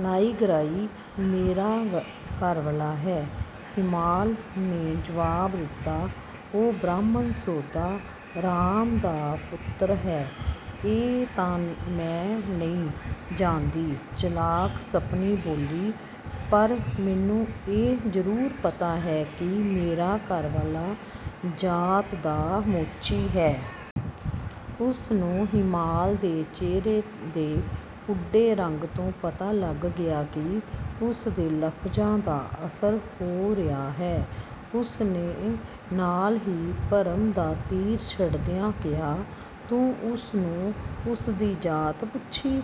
"ਨਾਇਗ੍ਰਾਈ ਮੇਰਾ ਘਰਵਾਲਾ ਹੈ," ਹੀਮਾਲ ਨੇ ਜਵਾਬ ਦਿੱਤਾ, "ਉਹ ਬ੍ਰਾਹਮਣ ਸੋਧਾ ਰਾਮ ਦਾ ਪੁੱਤਰ ਹੈ।" "ਇਹ ਤਾਂ ਮੈਂ ਨਹੀਂ ਜਾਣਦੀ," ਚਲਾਕ ਸੱਪਣੀ ਬੋਲੀ, "ਪਰ ਮੈਨੂੰ ਇਹ ਜ਼ਰੂਰ ਪਤਾ ਹੈ ਕਿ ਮੇਰਾ ਘਰਵਾਲਾ ਜਾਤ ਦਾ ਮੋਚੀ ਹੈ।" ਉਸ ਨੂੰ ਹੀਮਾਲ ਦੇ ਚਿਹਰੇ ਦੇ ਉੱਡੇ ਰੰਗ ਤੋਂ ਪਤਾ ਲੱਗ ਗਿਆ ਕਿ ਉਸ ਦੇ ਲਫ਼ਜ਼ਾਂ ਦਾ ਅਸਰ ਹੋ ਰਿਹਾ ਹੈ। ਉਸ ਨੇ ਨਾਲ ਹੀ ਭਰਮ ਦਾ ਤੀਰ ਛੱਡਦਿਆਂ ਕਿਹਾ, "ਤੂੰ ਉਸ ਨੂੰ ਉਸ ਦੀ ਜਾਤ ਪੁੱਛੀਂ,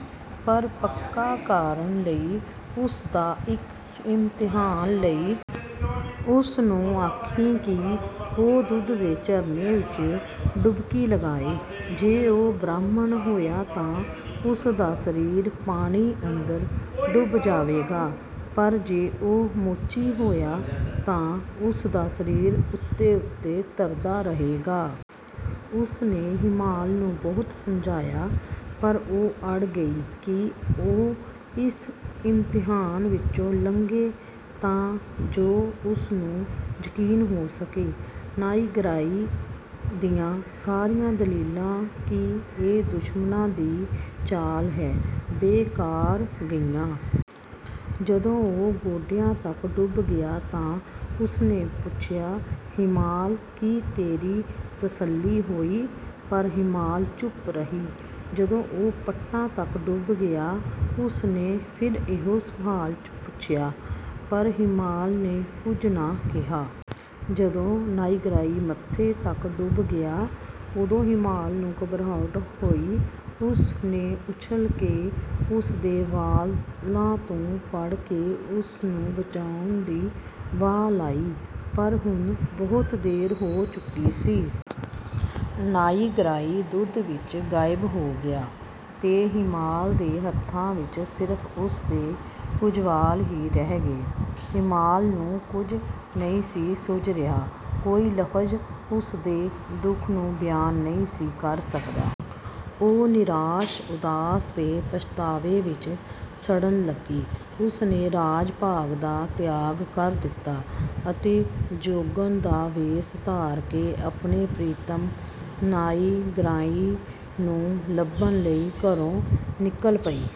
ਪਰ ਪੱਕਾ ਕਰਨ ਲਈ ਉਸ ਦਾ ਇੱਕ ਇਮਤਿਹਾਨ ਲਈਂ। ਉਸ ਨੂੰ ਆਖੀਂ ਕਿ ਉਹ ਦੁੱਧ ਦੇ ਝਰਨੇ ਵਿੱਚ ਡੁਬਕੀ ਲਗਾਏ। ਜੇ ਉਹ ਬ੍ਰਾਹਮਣ ਹੋਇਆ ਤਾਂ ਉਸ ਦਾ ਸਰੀਰ ਪਾਣੀ ਅੰਦਰ ਡੁੱਬ ਜਾਵੇਗਾ, ਪਰ ਜੇ ਉਹ ਮੋਚੀ ਹੋਇਆ ਤਾਂ ਉਸ ਦਾ ਸਰੀਰ ਉੱਤੇ-ਉੱਤੇ ਤਰਦਾ ਰਹੇਗਾ।" ਉਸ ਨੇ ਹੀਮਾਲ ਨੂੰ ਬਹੁਤ ਸਮਝਾਇਆ, ਪਰ ਉਹ ਅੜ ਗਈ ਕਿ ਉਹ ਇਸ ਇਮਤਿਹਾਨ ਵਿੱਚੋਂ ਲੰਘੇ ਤਾਂ ਜੋ ਉਸ ਨੂੰ ਯਕੀਨ ਹੋ ਸਕੇ। ਨਾਇਗ੍ਰਾਈ ਦੀਆਂ ਸਾਰੀਆਂ ਦਲੀਲਾਂ ਕਿ ਇਹ ਦੁਸ਼ਮਣਾਂ ਦੀ ਚਾਲ ਹੈ, ਬੇਕਾਰ ਗਈਆਂ। ਜਦੋਂ ਉਹ ਗੋਡਿਆਂ ਤੱਕ ਡੁੱਬ ਗਿਆ ਤਾਂ ਉਸ ਨੇ ਪੁੱਛਿਆ, "ਹੀਮਾਲ, ਕੀ ਤੇਰੀ ਤਸੱਲੀ ਹੋਈ?" ਪਰ ਹੀਮਾਲ ਚੁੱਪ ਰਹੀ। ਜਦੋਂ ਉਹ ਪੱਟਾਂ ਤੱਕ ਡੁੱਬ ਗਿਆ, ਉਸ ਨੇ ਫਿਰ ਇਹੋ ਸਵਾਲ ਪੁੱਛਿਆ, ਪਰ ਹੀਮਾਲ ਨੇ ਕੁਝ ਨਾ ਕਿਹਾ। ਜਦੋਂ ਨਾਇਗ੍ਰਾਈ ਮੱਥੇ ਤੱਕ ਡੁੱਬ ਗਿਆ, ਉਦੋਂ ਹੀਮਾਲ ਨੂੰ ਘਬਰਾਹਟ ਹੋਈ। ਉਸ ਨੇ ਉੱਛਲ ਕੇ ਉਸ ਦੇ ਵਾਲਾਂ ਤੋਂ ਫੜ ਕੇ ਉਸ ਨੂੰ ਬਚਾਉਣ ਦੀ ਵਾਹ ਲਾਈ, ਪਰ ਹੁਣ ਬਹੁਤ ਦੇਰ ਹੋ ਚੁੱਕੀ ਸੀ! ਨਾਇਗ੍ਰਾਈ ਦੁੱਧ ਵਿੱਚ ਗਾਇਬ ਹੋ ਗਿਆ ਤੇ ਹੀਮਾਲ ਦੇ ਹੱਥਾਂ ਵਿੱਚ ਸਿਰਫ਼ ਉਸ ਦੇ ਕੁਝ ਵਾਲ ਹੀ ਰਹਿ ਗਏ। ਹੀਮਾਲ ਨੂੰ ਕੁਝ ਨਹੀਂ ਸੀ ਸੁੱਝ ਰਿਹਾ। ਕੋਈ ਲਫ਼ਜ਼ ਉਸ ਦੇ ਦੁੱਖ ਨੂੰ ਬਿਆਨ ਨਹੀਂ ਸੀ ਕਰ ਸਕਦਾ। ਉਹ ਨਿਰਾਸ਼, ਉਦਾਸ ਤੇ ਪਛਤਾਵੇ ਵਿੱਚ ਸੜਨ ਲੱਗੀ। ਉਸ ਨੇ ਰਾਜ-ਭਾਗ ਦਾ ਤਿਆਗ ਕਰ ਦਿੱਤਾ ਅਤੇ ਜੋਗਣ ਦਾ ਵੇਸ ਧਾਰ ਕੇ ਆਪਣੇ ਪ੍ਰੀਤਮ ਨਾਇਗ੍ਰਾਈ ਨੂੰ ਲੱਭਣ ਲਈ ਘਰੋਂ ਨਿਕਲ ਪਈ।